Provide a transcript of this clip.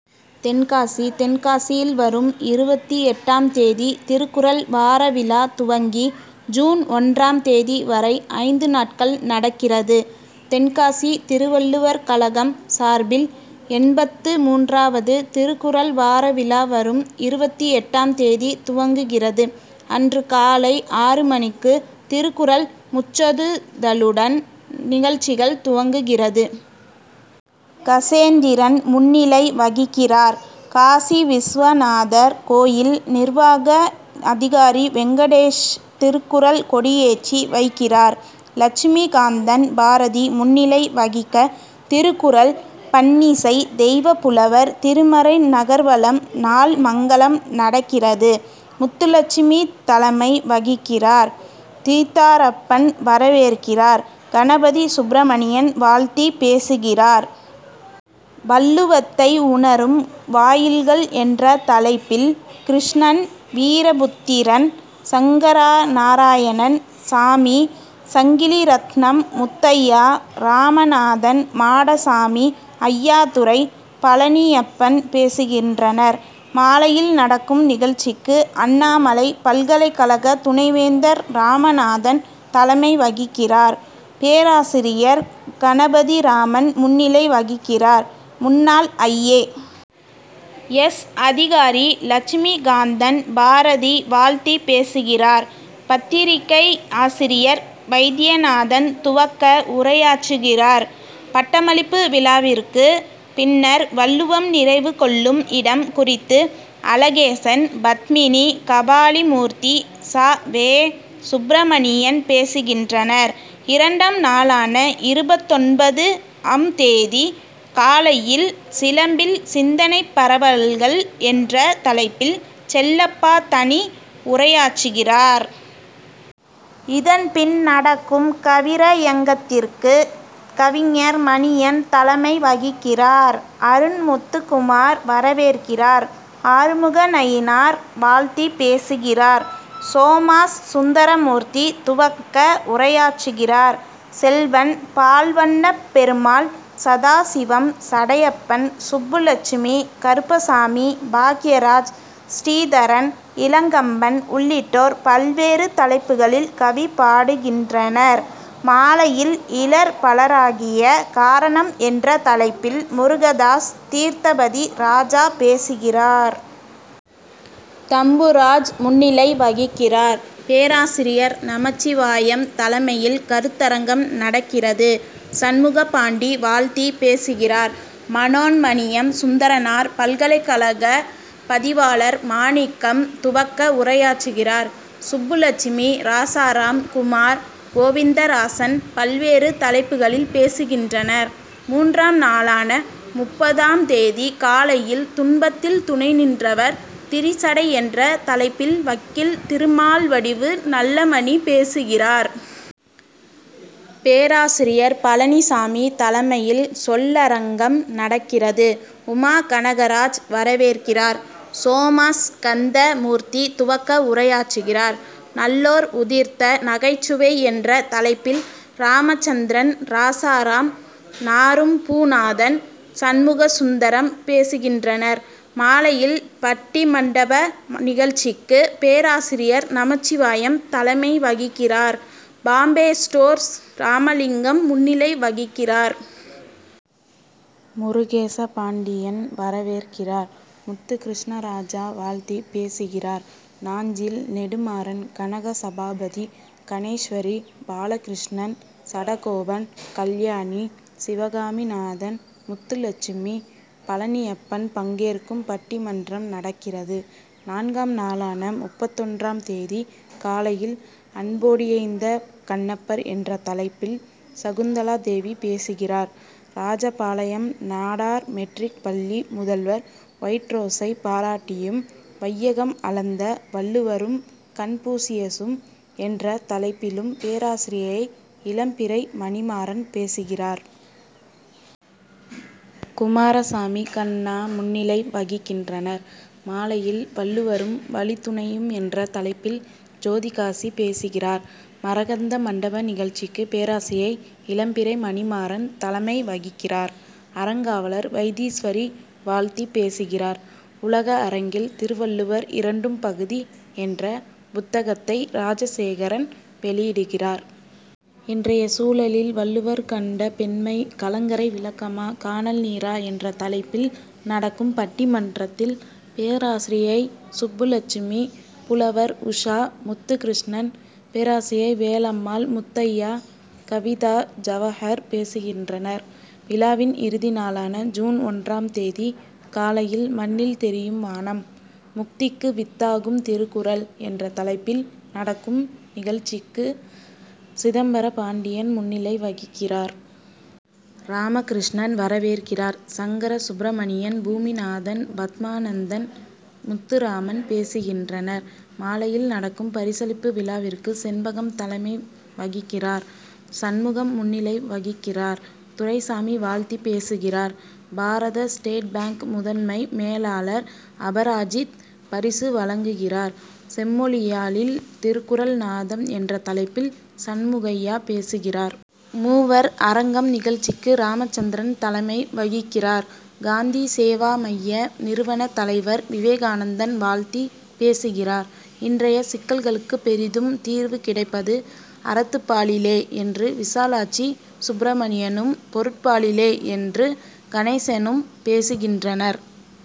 தென்காசி தென்காசியில் வரும் இருபத்தெட்டு ஆம் தேதி திருக்குறள் வார விழா துவங்கி ஜூன் ஒன்றாம் தேதி வரை ஐந்து நாட்கள் நடக்கிறது. தென்காசி திருவள்ளுவர் கழகம் சார்பில் எண்பத்து மூன்றாவது திருக்குறள் வார விழா வரும் இருபத்தெட்டு ஆம் தேதி துவங்குகிறது. அன்று காலை ஆறு மணிக்கு திருக்குறள் முற்றதுதலுடன் நிகழ்ச்சிகள் துவங்குகிறது. கசேந்திரன் முன்னிலை வகிக்கிறார். காசிவிசுநாதர் கோயில் நிர்வாக அதிகாரி வெங்கடேஷ் திருக்குறள் கொடியேற்றி வைக்கிறார். லட்சுமி காந்தன் பாரதி முன்னிலை வகிக்க திருக்குறள் பண்ணிசை, தெய்வப்புலவர் திருமறை நகர்வலம், நாள் மங்கலம் நடக்கிறது. முத்துலட்சுமி தலைமை வகிக்கிறார். தீத்தாரப்பன் வரவேற்கிறார். கணபதி சுப்பிரமணியன் வாழ்த்தி பேசுகிறார். வள்ளுவத்தை உணரும் வாயில்கள் என்ற தலைப்பில் கிருஷ்ணன், வீரபுத்திரன், சங்கரநாராயணன், சாமி, சங்கிலிரத்னம், முத்தையா, ராமநாதன், மாடசாமி, ஐயாத்துரை, பழநியப்பன் பேசுகின்றனர். மாலையில் நடக்கும் நிகழ்ச்சிக்கு அண்ணாமலை பல்கலைக்கழக துணை வேந்தர் ராமநாதன் தலைமை வகிக்கிறார். பேராசிரியர் கணபதிராமன் முன்னிலை வகிக்கிறார். முன்னாள் ஐ. ஏ. எஸ். அதிகாரி லட்சுமிகாந்தன் பாரதி வாழ்த்தி பேசுகிறார். பத்திரிகை ஆசிரியர் வைத்தியநாதன் துவக்க உரையாற்றுகிறார். பட்டமளிப்பு விழாவிற்கு பின்னர் வள்ளுவம் நிறைவு கொள்ளும் இடம் குறித்து அழகேசன், பத்மினி கபாலிமூர்த்தி ச. வே. சுப்பிரமணியன் பேசுகின்றனர். இரண்டாம் நாளான இருபத்தொன்பது ஆம் தேதி காலையில் சிலம்பில் சிந்தனைப்பரவல்கள் என்ற தலைப்பில் செல்லப்பா தனி உரையாற்றுகிறார். இதன் பின் நடக்கும் கவிரயங்கத்திற்கு கவிஞர் மணியன் தலைமை வகிக்கிறார். அருண் முத்துக்குமார் வரவேற்கிறார். ஆறுமுகநயினார் வாழ்த்தி பேசுகிறார். சோமாஸ் சுந்தரமூர்த்தி துவக்க உரையாற்றுகிறார். செல்வன், பால்வண்ணப்பெருமாள், சதாசிவம், சடையப்பன், சுப்புலட்சுமி, கருப்பசாமி, பாக்கியராஜ், ஸ்ரீதரன், இளங்கம்பன் உள்ளிட்டோர் பல்வேறு தலைப்புகளில் கவி பாடுகின்றனர். மாலையில் இலர் பலராகிய காரணம் என்ற தலைப்பில் முருகதாஸ் தீர்த்தபதி ராஜா பேசுகிறார். தம்புராஜ் முன்னிலை வகிக்கிறார். பேராசிரியர் நமச்சிவாயம் தலைமையில் கருத்தரங்கம் நடக்கிறது. சண்முகப்பாண்டி வாழ்த்தி பேசுகிறார். மனோன்மணியம் சுந்தரனார் பல்கலைக்கழக பதிவாளர் மாணிக்கம் துவக்க உரையாற்றுகிறார். சுப்புலட்சுமி, ராசாராம், குமார், கோவிந்தராசன் பல்வேறு தலைப்புகளில் பேசுகின்றனர். மூன்றாம் நாளான முப்பது ஆம் தேதி காலையில் துன்பத்தில் துணை நின்றவர் திரிசடை என்ற தலைப்பில் வக்கீல் திருமால்வடிவு நல்லமணி பேசுகிறார். பேராசிரியர் பழநிசாமி தலைமையில் சொல்லரங்கம் நடக்கிறது. உமா கனகராஜ் வரவேற்கிறார். சோமாஸ்கந்த மூர்த்தி துவக்க உரையாற்றுகிறார். நல்லோர் உதிர்த்த நகைச்சுவை என்ற தலைப்பில் ராமச்சந்திரன், ராசாராம், நாறும் பூநாதன், சண்முகசுந்தரம் பேசுகின்றனர். மாலையில் பட்டிமண்டப நிகழ்ச்சிக்கு பேராசிரியர் நமச்சிவாயம் தலைமை வகிக்கிறார். பாம்பே ஸ்டோர்ஸ் ராமலிங்கம் முன்னிலை வகிக்கிறார். முருகேசபாண்டியன் வரவேற்கிறார். முத்துகிருஷ்ணராஜா வாழ்த்தி பேசுகிறார். நாஞ்சில் நெடுமாறன், கனகசபாபதி, கணேஷ்வரி, பாலகிருஷ்ணன், சடகோபன், கல்யாணி சிவகாமிநாதன், முத்துலட்சுமி, பழநியப்பன் பங்கேற்கும் பட்டிமன்றம் நடக்கிறது. நான்காம் நாளான முப்பத்தொன்று ஆம் தேதி காலையில் அன்போடியைந்த கண்ணப்பர் என்ற தலைப்பில் சகுந்தலா தேவி பேசுகிறார். ராஜபாளையம் நாடார் மெட்ரிக் பள்ளி முதல்வர் ஒயிட்ரோசை பாராட்டியும், வையகம் அளந்த வள்ளுவரும், கன்பூசியசும் என்ற தலைப்பிலும் பேராசிரியை இளம்பிறை மணிமாறன் பேசுகிறார். குமாரசாமி, கண்ணா முன்னிலை வகிக்கின்றனர். மாலையில் வள்ளுவரும், வழித்துணையும் என்ற தலைப்பில் ஜோதிகாசி பேசுகிறார். மகரந்த மண்டப நிகழ்ச்சிக்கு பேராசிரியை இளம்பிறை மணிமாறன் தலைமை வகிக்கிறார். அறங்காவலர் வைத்தீஸ்வரி வாழ்த்தி பேசுகிறார். உலக அரங்கில் திருவள்ளுவர் இரண்டு ம் பகுதி என்ற புத்தகத்தை ராஜசேகரன் வெளியிடுகிறார். இன்றைய சூழலில் வள்ளுவர் கண்ட பெண்மை கலங்கரை விளக்கமா? கானல் நீரா? என்ற தலைப்பில் நடக்கும் பட்டி மன்றத்தில் பேராசிரியை சுப்புலட்சுமி, புலவர் உஷா முத்துகிருஷ்ணன், பேராசிரியை வேலம்மாள் முத்தையா, கவிதா ஜவஹர் பேசுகின்றனர். விழாவின் இறுதி நாளான ஜூன் ஒன்றாம் தேதி காலையில் மண்ணில் தெரியும் வானம் முக்திக்கு வித்தாகும் திருக்குறள் என்ற தலைப்பில் நடக்கும் நிகழ்ச்சிக்கு சிதம்பர பாண்டியன் முன்னிலை வகிக்கிறார். ராமகிருஷ்ணன் வரவேற்கிறார். சங்கரசுப்பிரமணின், பூமிநாதன், பத்மானந்தன், முத்துராமன் பேசுகின்றனர். மாலையில் நடக்கும் பரிசளிப்பு விழாவிற்கு செண்பகம் தலைமை வகிக்கிறார். சண்முகம் முன்னிலை வகிக்கிறார். துரைசாமி வாழ்த்தி பேசுகிறார். பாரத ஸ்டேட் பாங்க் முதன்மை மேலாளர் அபராஜித் பரிசு வழங்குகிறார். செம்மொழியாழில் திருக்குறள் நாதம் என்ற தலைப்பில் சண்முகையா பேசுகிறார். மூவர் அரங்கம் நிகழ்ச்சிக்கு ராமச்சந்திரன் தலைமை வகிக்கிறார். காந்தி சேவா மைய நிறுவன தலைவர் விவேகானந்தன் வாழ்த்தி பேசுகிறார். இன்றைய சிக்கல்களுக்கு பெரிதும் தீர்வு கிடைப்பது அறத்துப்பாலிலே என்று விசாலாட்சி சுப்பிரமணியனும், பொருட்பாலிலே என்று கணேசனும் பேசுகின்றனர்.